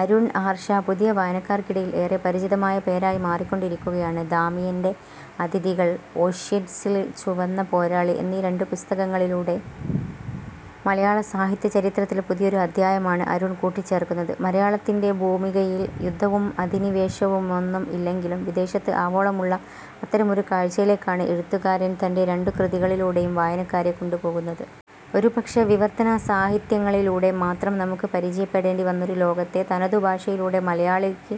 അരുൺ ആർഷ, പുതിയ വായനക്കാർക്കിടയിൽ ഏറെ പരിചിതമായ പേരായി മാറിക്കൊണ്ടിരിക്കുകയാണ്. ദാമിയൻ്റെ അതിഥികൾ, ഓഷ്വിറ്റ്സിലെ ചുവന്ന പോരാളി എന്നീ രണ്ടു പുസ്തകങ്ങളിലൂടെ മലയാള സാഹിത്യ ചരിത്രത്തിൽ പുതിയൊരു അധ്യായമാണ് അരുൺ കൂട്ടിച്ചേർക്കുന്നത്. മലയാളത്തിൻ്റെ ഭൂമികയിൽ യുദ്ധവും അധിനിവേശവുമൊന്നും ഇല്ലെങ്കിലും വിദേശത്ത് ആവോളമുള്ള അത്തരമൊരു കാഴ്ചയിലേക്കാണ് എഴുത്തുകാരൻ തൻ്റെ രണ്ടു കൃതികളിലൂടെയും വായനക്കാരെ കൊണ്ടുപോകുന്നത്. ഒരുപക്ഷേ വിവർത്തന സാഹിത്യങ്ങളിലൂടെ മാത്രം നമുക്ക് പരിചയപ്പെടേണ്ടി വന്നൊരു ലോകത്തെ തനതു ഭാഷയിലൂടെ മലയാളിക്ക്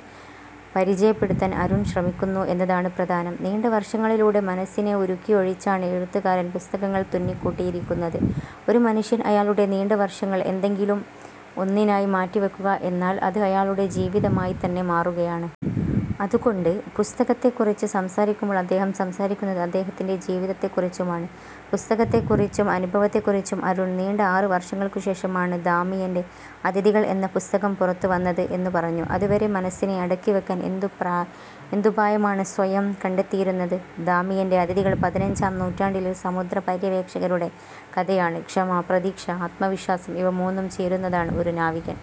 പരിചയപ്പെടുത്താൻ അരുൺ ശ്രമിക്കുന്നു എന്നതാണ് പ്രധാനം. നീണ്ട വർഷങ്ങളിലൂടെ മനസ്സിനെ ഉരുക്കിയൊഴിച്ചാണ് എഴുത്തുകാരൻ പുസ്തകങ്ങൾ തുന്നിക്കൂട്ടിയിരിക്കുന്നത്. ഒരു മനുഷ്യൻ അയാളുടെ നീണ്ട വർഷങ്ങൾ എന്തെങ്കിലും ഒന്നിനായി മാറ്റിവയ്ക്കുക എന്നാൽ അത് അയാളുടെ ജീവിതമായിത്തന്നെ മാറുകയാണ്. അതുകൊണ്ട് പുസ്തകത്തെക്കുറിച്ച് സംസാരിക്കുമ്പോൾ അദ്ദേഹം സംസാരിക്കുന്നത് അദ്ദേഹത്തിൻ്റെ ജീവിതത്തെക്കുറിച്ചുമാണ്. പുസ്തകത്തെക്കുറിച്ചും അനുഭവത്തെക്കുറിച്ചും അരുൺ. നീണ്ട ആറ് വർഷങ്ങൾക്കുശേഷമാണ് ദാമിയൻ്റെ അതിഥികൾ എന്ന പുസ്തകം പുറത്തുവന്നത് എന്നു പറഞ്ഞു. അതുവരെ മനസ്സിനെ അടക്കിവയ്ക്കാൻ എന്തു പ്ര എന്തു പായമാണ് സ്വയം കണ്ടെത്തിയിരുന്നത്? ദാമിയൻ്റെ അതിഥികൾ പതിനഞ്ചാം നൂറ്റാണ്ടിലെ സമുദ്ര പര്യവേക്ഷകരുടെ കഥയാണ്. ക്ഷമ, പ്രതീക്ഷ, ആത്മവിശ്വാസം ഇവ മൂന്നും ചേരുന്നതാണ് ഒരു നാവികൻ.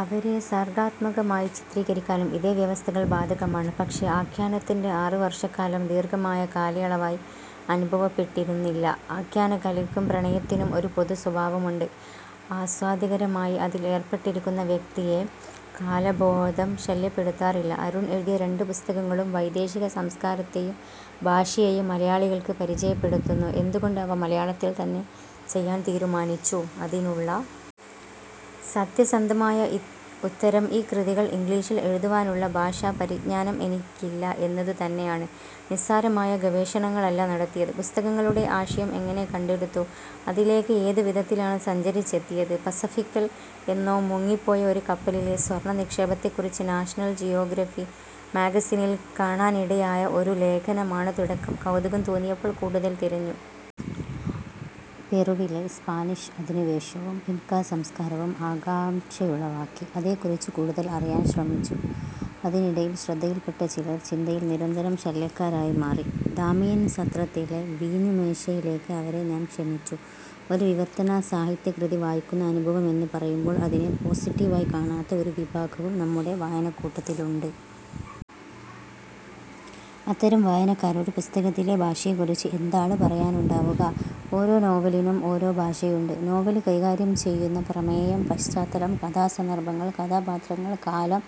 അവരെ സർഗ്ഗാത്മകമായി ചിത്രീകരിക്കാനും ഇതേ വ്യവസ്ഥകൾ ബാധകമാണ്. പക്ഷേ ആഖ്യാനത്തിൻ്റെ ആറ് വർഷക്കാലം ദീർഘമായ കാലയളവായി അനുഭവപ്പെട്ടിരുന്നില്ല. ആഖ്യാനകലയ്ക്കും പ്രണയത്തിനും ഒരു പൊതുസ്വഭാവമുണ്ട്. ആസ്വാദ്യകരമായി അതിൽ ഏർപ്പെട്ടിരിക്കുന്ന വ്യക്തിയെ കാലബോധം ശല്യപ്പെടുത്താറില്ല. അരുൺ എഴുതിയ രണ്ടു പുസ്തകങ്ങളും വൈദേശിക സംസ്കാരത്തെയും ഭാഷയെയും മലയാളികൾക്ക് പരിചയപ്പെടുത്തുന്നു. എന്തുകൊണ്ട് അവ മലയാളത്തിൽത്തന്നെ ചെയ്യാൻ തീരുമാനിച്ചു? അതിനുള്ള സത്യസന്ധമായ ഇ ഉത്തരം ഈ കൃതികൾ ഇംഗ്ലീഷിൽ എഴുതുവാനുള്ള ഭാഷാപരിജ്ഞാനം എനിക്കില്ല എന്നതുതന്നെയാണ്. നിസ്സാരമായ ഗവേഷണങ്ങളല്ല നടത്തിയത്. പുസ്തകങ്ങളുടെ ആശയം എങ്ങനെ കണ്ടെടുത്തു? അതിലേക്ക് ഏതു വിധത്തിലാണ് സഞ്ചരിച്ചെത്തിയത്? പസഫിക്കിൽ എന്നോ മുങ്ങിപ്പോയ ഒരു കപ്പലിലെ സ്വർണനിക്ഷേപത്തെക്കുറിച്ച് നാഷനൽ ജിയോഗ്രഫി മാഗസിനിൽ കാണാനിടയായ ഒരു ലേഖനമാണ് തുടക്കം. കൗതുകം തോന്നിയപ്പോൾ കൂടുതൽ തിരഞ്ഞു. പെറുവിലെ സ്പാനിഷ് അധിനിവേശവും ഇൻകാ സംസ്കാരവും ആകാംക്ഷയുളവാക്കി. അതേക്കുറിച്ച് കൂടുതൽ അറിയാൻ ശ്രമിച്ചു. അതിനിടയിൽ ശ്രദ്ധയിൽപ്പെട്ട ചിലർ ചിന്തയിൽ നിരന്തരം ശല്യക്കാരായി മാറി. ദാമിയൻ സത്രത്തിലെ വീഞ്ഞുമേശയിലേക്ക് അവരെ ഞാൻ ക്ഷണിച്ചു. ഒരു വിവർത്തന സാഹിത്യകൃതി വായിക്കുന്ന അനുഭവമെന്നു പറയുമ്പോൾ അതിനെ പോസിറ്റീവായി കാണാത്ത ഒരു വിഭാഗവും നമ്മുടെ വായനക്കൂട്ടത്തിലുണ്ട്. അത്തരം വായനക്കാരോട് പുസ്തകത്തിലെ ഭാഷയെക്കുറിച്ച് എന്താണു പറയാനുണ്ടാവുക? ഓരോ നോവലിനും ഓരോ ഭാഷയുണ്ട്. നോവൽ കൈകാര്യം ചെയ്യുന്ന പ്രമേയം, പശ്ചാത്തലം, കഥാസന്ദർഭങ്ങൾ, കഥാപാത്രങ്ങൾ, കാലം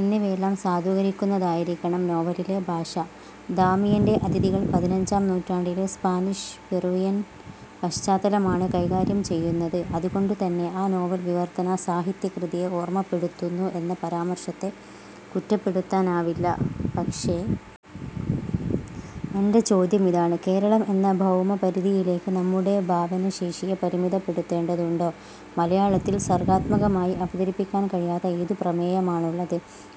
എന്നിവയെല്ലാം സാധൂകരിക്കുന്നതായിരിക്കണം നോവലിലെ ഭാഷ. ദാമിയൻ്റെ അതിഥികൾ പതിനഞ്ചാം നൂറ്റാണ്ടിലെ സ്പാനിഷ് പെറുവിയൻ പശ്ചാത്തലമാണ് കൈകാര്യം ചെയ്യുന്നത്. അതുകൊണ്ടുതന്നെ ആ നോവൽ വിവർത്തന സാഹിത്യകൃതിയെ ഓർമപ്പെടുത്തുന്നു എന്ന പരാമർശത്തെ കുറ്റപ്പെടുത്താനാവില്ല. പക്ഷേ എൻ്റെ ചോദ്യമിതാണ്. കേരളം എന്ന ഭൗമപരിധിയിലേക്ക് നമ്മുടെ ഭാവനാശേഷിയെ പരിമിതപ്പെടുത്തേണ്ടതുണ്ടോ? മലയാളത്തിൽ സർഗ്ഗാത്മകമായി അവതരിപ്പിക്കാൻ കഴിയാത്ത ഏതു പ്രമേയമാണുള്ളത്?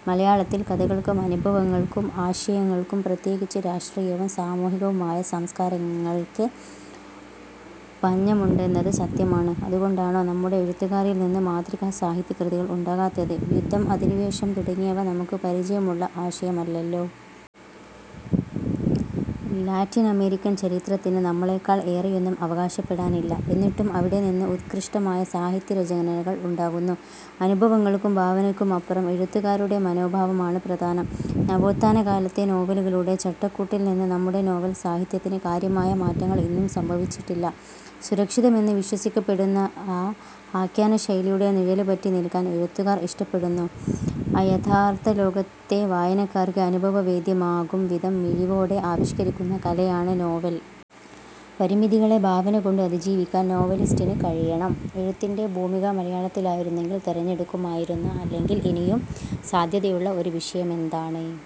മലയാളത്തിൽ കഥകൾക്കും അനുഭവങ്ങൾക്കും ആശയങ്ങൾക്കും പ്രത്യേകിച്ച് രാഷ്ട്രീയവും സാമൂഹികവുമായ സംസ്കാരങ്ങൾക്ക് പഞ്ഞമുണ്ടെന്നത് സത്യമാണ്. അതുകൊണ്ടാണോ നമ്മുടെ എഴുത്തുകാരിൽനിന്ന് മാതൃകാ സാഹിത്യകൃതികൾ ഉണ്ടാകാത്തത്? യുദ്ധം, അധിനിവേശം തുടങ്ങിയവ നമുക്ക് പരിചയമുള്ള ആശയമല്ലല്ലോ. ലാറ്റിനമേരിക്കൻ ചരിത്രത്തിന് നമ്മേക്കാൾ ഏറെയൊന്നും അവകാശപ്പെടാനില്ല. എന്നിട്ടും അവിടെനിന്ന് ഉത്കൃഷ്ടമായ സാഹിത്യരചനനകൾ ഉണ്ടാകുന്നു. അനുഭവങ്ങൾക്കും ഭാവനയ്ക്കുമപ്പുറം എഴുത്തുകാരുടെ മനോഭാവമാണ് പ്രധാനം. നവോത്ഥാനകാലത്തെ നോവലുകളുടെ ചട്ടക്കൂട്ടിൽനിന്ന് നമ്മുടെ നോവൽ സാഹിത്യത്തിന് കാര്യമായ മാറ്റങ്ങൾ ഇനിയും സംഭവിച്ചിട്ടില്ല. സുരക്ഷിതമെന്ന് വിശ്വസിക്കപ്പെടുന്ന ആ ആഖ്യാനശൈലിയുടെ നിഴൽപറ്റി നിൽക്കാൻ എഴുത്തുകാർ ഇഷ്ടപ്പെടുന്നു. അയഥാർഥ ലോകത്തെ വായനക്കാർക്ക് അനുഭവവേദ്യമാകുംവിധം മിഴിവോടെ ആവിഷ്കരിക്കുന്ന കലയാണ് നോവൽ. പരിമിതികളെ ഭാവനകൊണ്ട് അതിജീവിക്കാൻ നോവലിസ്റ്റിന് കഴിയണം. എഴുത്തിൻ്റെ ഭൂമിക മലയാളത്തിലായിരുന്നെങ്കിൽ തിരഞ്ഞെടുക്കുമായിരുന്ന, അല്ലെങ്കിൽ ഇനിയും സാധ്യതയുള്ള ഒരു വിഷയമെന്താണ്?